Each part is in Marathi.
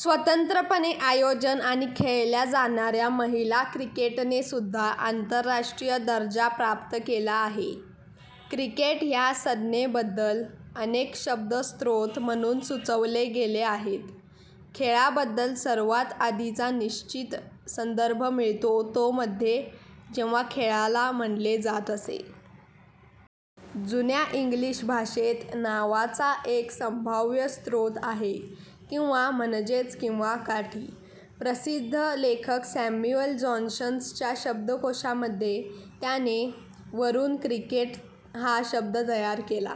स्वतंत्रपणे आयोजन आणि खेळल्या जाणाऱ्या, महिला क्रिकेटनेसुद्धा आंतरराष्ट्रीय दर्जा प्राप्त केला आहे. "क्रिकेट" ह्या संज्ञेबद्दल अनेक शब्द स्रोत म्हणून सुचवले गेले आहेत. खेळाबद्दल सर्वात आधीचा निश्चित संदर्भ मिळतो तो मध्ये, जेव्हा खेळाला म्हणले जात असे. जुन्या इंग्लिश भाषेत नावाचा एक संभाव्य स्रोत आहे, किंवा म्हणजेच किंवा काठी. प्रसिद्ध लेखक सॅम्युएल जॉन्सनच्या शब्दकोशा मध्ये, त्याने "," वरून क्रिकेट हा शब्द तयार केला.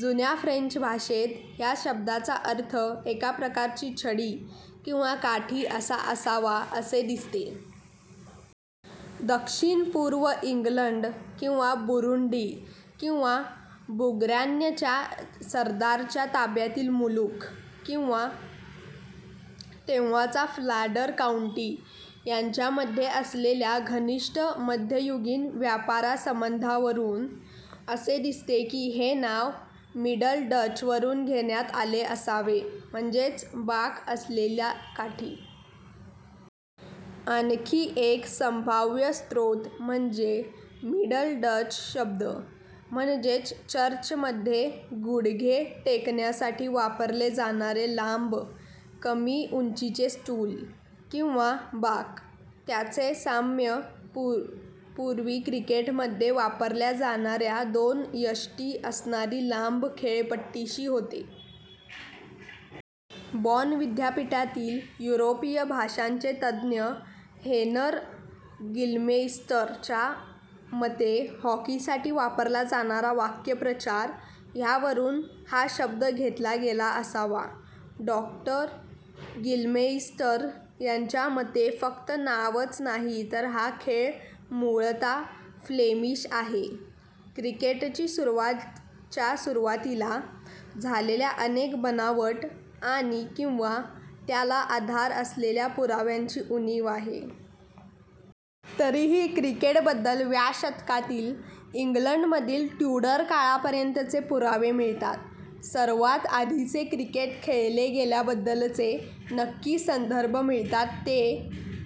जून्या फ्रेंच भाषेत, ह्या शब्दाचा अर्थ एका प्रकारची छडी किंवा काठी असा असावा असे दिसते. दक्षिण-पुर्व इंग्लंड आणि बुरुंडी किंवा बूर्गान्यच्या सरदाराच्या ताब्यातील मुलूख आणि तेव्हाचा फ्लॅंडर काऊंटी यांच्यामध्ये असलेल्या घनिष्ट मध्ययुगीन व्यापारासंबंधावरून, असे दिसते की हे नाव मिडल डच वरून घेण्यात आले असावे, म्हणजे बाक असलेली काठी. आणखी एक संभाव्य स्रोत म्हणजे मिडल डच शब्द, म्हणजे चर्चमध्ये गुडघे टेकवण्यासाठी वापरले जाणारे लांब कमी उंचीचे स्टूल किंवा बाक, ज्याचे साम्य पूवी क्रिकेटमध्ये वापरल्या जाणाऱ्या दोन यष्टी असणारी लांब खेळपट्टीशी होते. बॉन विद्यापीठातील युरोपीय भाषांचे तज्ज्ञ हेनर गिलमेइस्टरच्या मते, हॉकीसाठी वापरला जाणारा वाक्प्रचार ह्यावरून "" हा शब्द घेतला गेला असावा. डॉ गिलमेइस्टर यांच्या मते फक्त नावच नाही तर हा खेळच मूळतः फ्लेमिश आहे. क्रिकेटची सुरुवात च्या सुरुवातीला झाल्याचे अनेक बनावट आणि/किंवा त्याला आधार असलेल्या पुराव्यांची उणीव आहे. तरीही क्रिकेटबद्दल व्या शतकातील, इंग्लंडमधील ट्युडर काळापर्यंतचे पुरावे मिळतात. सर्वात आधीचे क्रिकेट खेळले गेल्याबद्दलचे नक्की संदर्भ मिळतात ते,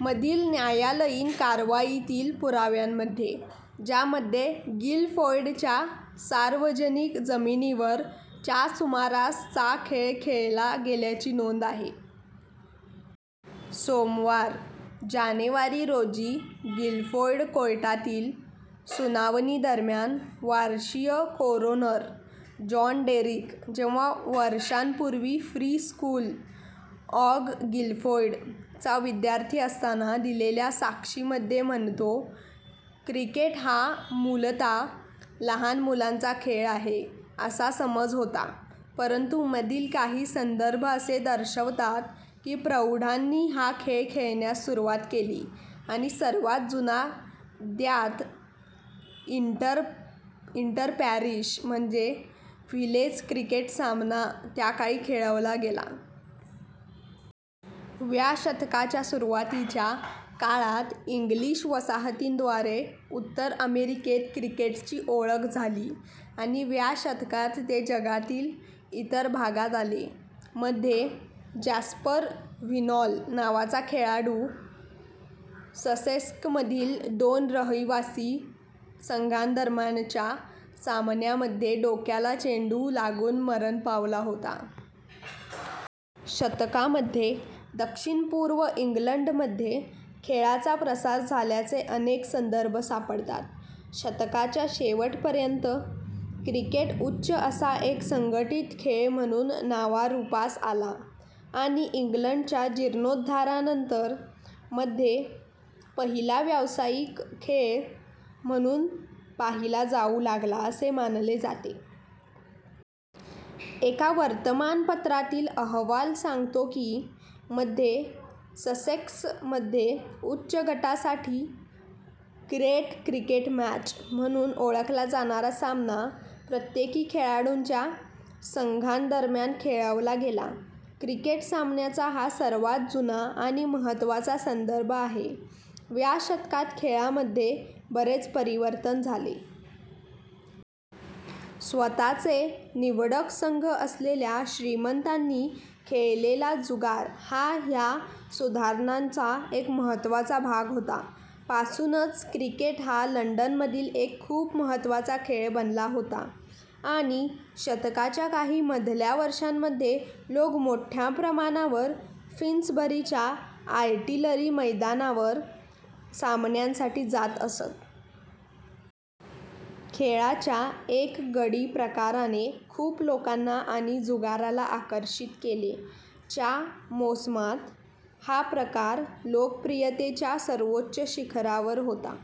मधील न्यायालयीन कारवाईतील पुराव्यांमध्ये, ज्यामध्ये गिल फोर्डच्या सार्वजनिक जमिनीवर च्या सुमारास चा खेळ खेळला गेल्याची नोंद आहे. सोमवार, जानेवारी रोजी गिलफोर्ड कोर्टातील सुनावणी दरम्यान, वर्षीय कोरोनर, जॉन डेरिक जेव्हा वर्षांपूर्वी फ्री स्कूल ऑग गिलफोर्ड चा विद्यार्थी असताना दिलेल्या साक्षीमध्ये म्हणतो, "." क्रिकेट हा मूलतः लहान मुलांचा खेळ आहे असा समज होता, परंतु मधील काही संदर्भ असे दर्शवतात की प्रौढांनी हा खेळ खेळण्यास सुरुवात केली आणि सर्वात जुना ज्ञात इंटर-पॅरिश किंवा व्हिलेज क्रिकेट सामना त्याकाळी खेळवला गेला. व्या शतकाच्या सुरुवातीच्या काळात इंग्लिश वसाहतींद्वारे उत्तर अमेरिकेत क्रिकेटची ओळख झाली आणि व्या शतकात ते जगातील इतर भागात आले. मध्ये, जॅस्पर व्हिनॉल नावाचा खेळाडू ससेक्समधील दोन रहिवासी संघांदरम्यानच्या सामन्यामध्ये डोक्याला चेंडू लागून मरण पावला होता. शतकामध्ये, दक्षिण-पूर्व इंग्लंडमध्ये खेळाचा प्रसार झाल्याचे अनेक संदर्भ सापडतात. शतकाच्या शेवटापर्यंत, क्रिकेट उच्च असा एक संघटित खेळ म्हणून नावारूपास आला आणि इंग्लंडच्या जीर्णोद्धारानंतर मध्ये पहिला व्यावसायिक खेळ म्हणून पाहिला जाऊ लागला असे मानले जाते. एका वर्तमानपत्रातील अहवाल सांगतो की, मध्ये ससेक्समध्ये उच्च गटासाठी "ग्रेट क्रिकेट मॅच" म्हणून ओळखला जाणारा सामना प्रत्येकी खेळाडूंच्या संघांदरम्यान खेळवला गेला. क्रिकेट सामन्याचा हा सर्वात जुना आणि महत्त्वाचा संदर्भ आहे. व्या शतकात खेळामध्ये बरेच परिवर्तन झाले. स्वतःचे "निवडक " संघ असलेल्या श्रीमंतांनी खेळलेला जुगार हा ह्या सुधारणांचा एक महत्त्वाचा भाग होता. पासूनच क्रिकेट हा लंडनमधील एक खूप महत्त्वाचा खेळ बनला होता आणि शतकाच्या काही मधल्या वर्षांमध्ये लोक मोठ्या प्रमाणावर फिन्सबरीच्या आर्टिलरी मैदानावर सामन्यांसाठी जात असत. खेळाच्या एक गडी प्रकाराने खूप लोकांना आणि जुगाराला आकर्षित केले, च्या मोसमात हा प्रकार लोकप्रियतेच्या सर्वोच्च शिखरावर होता.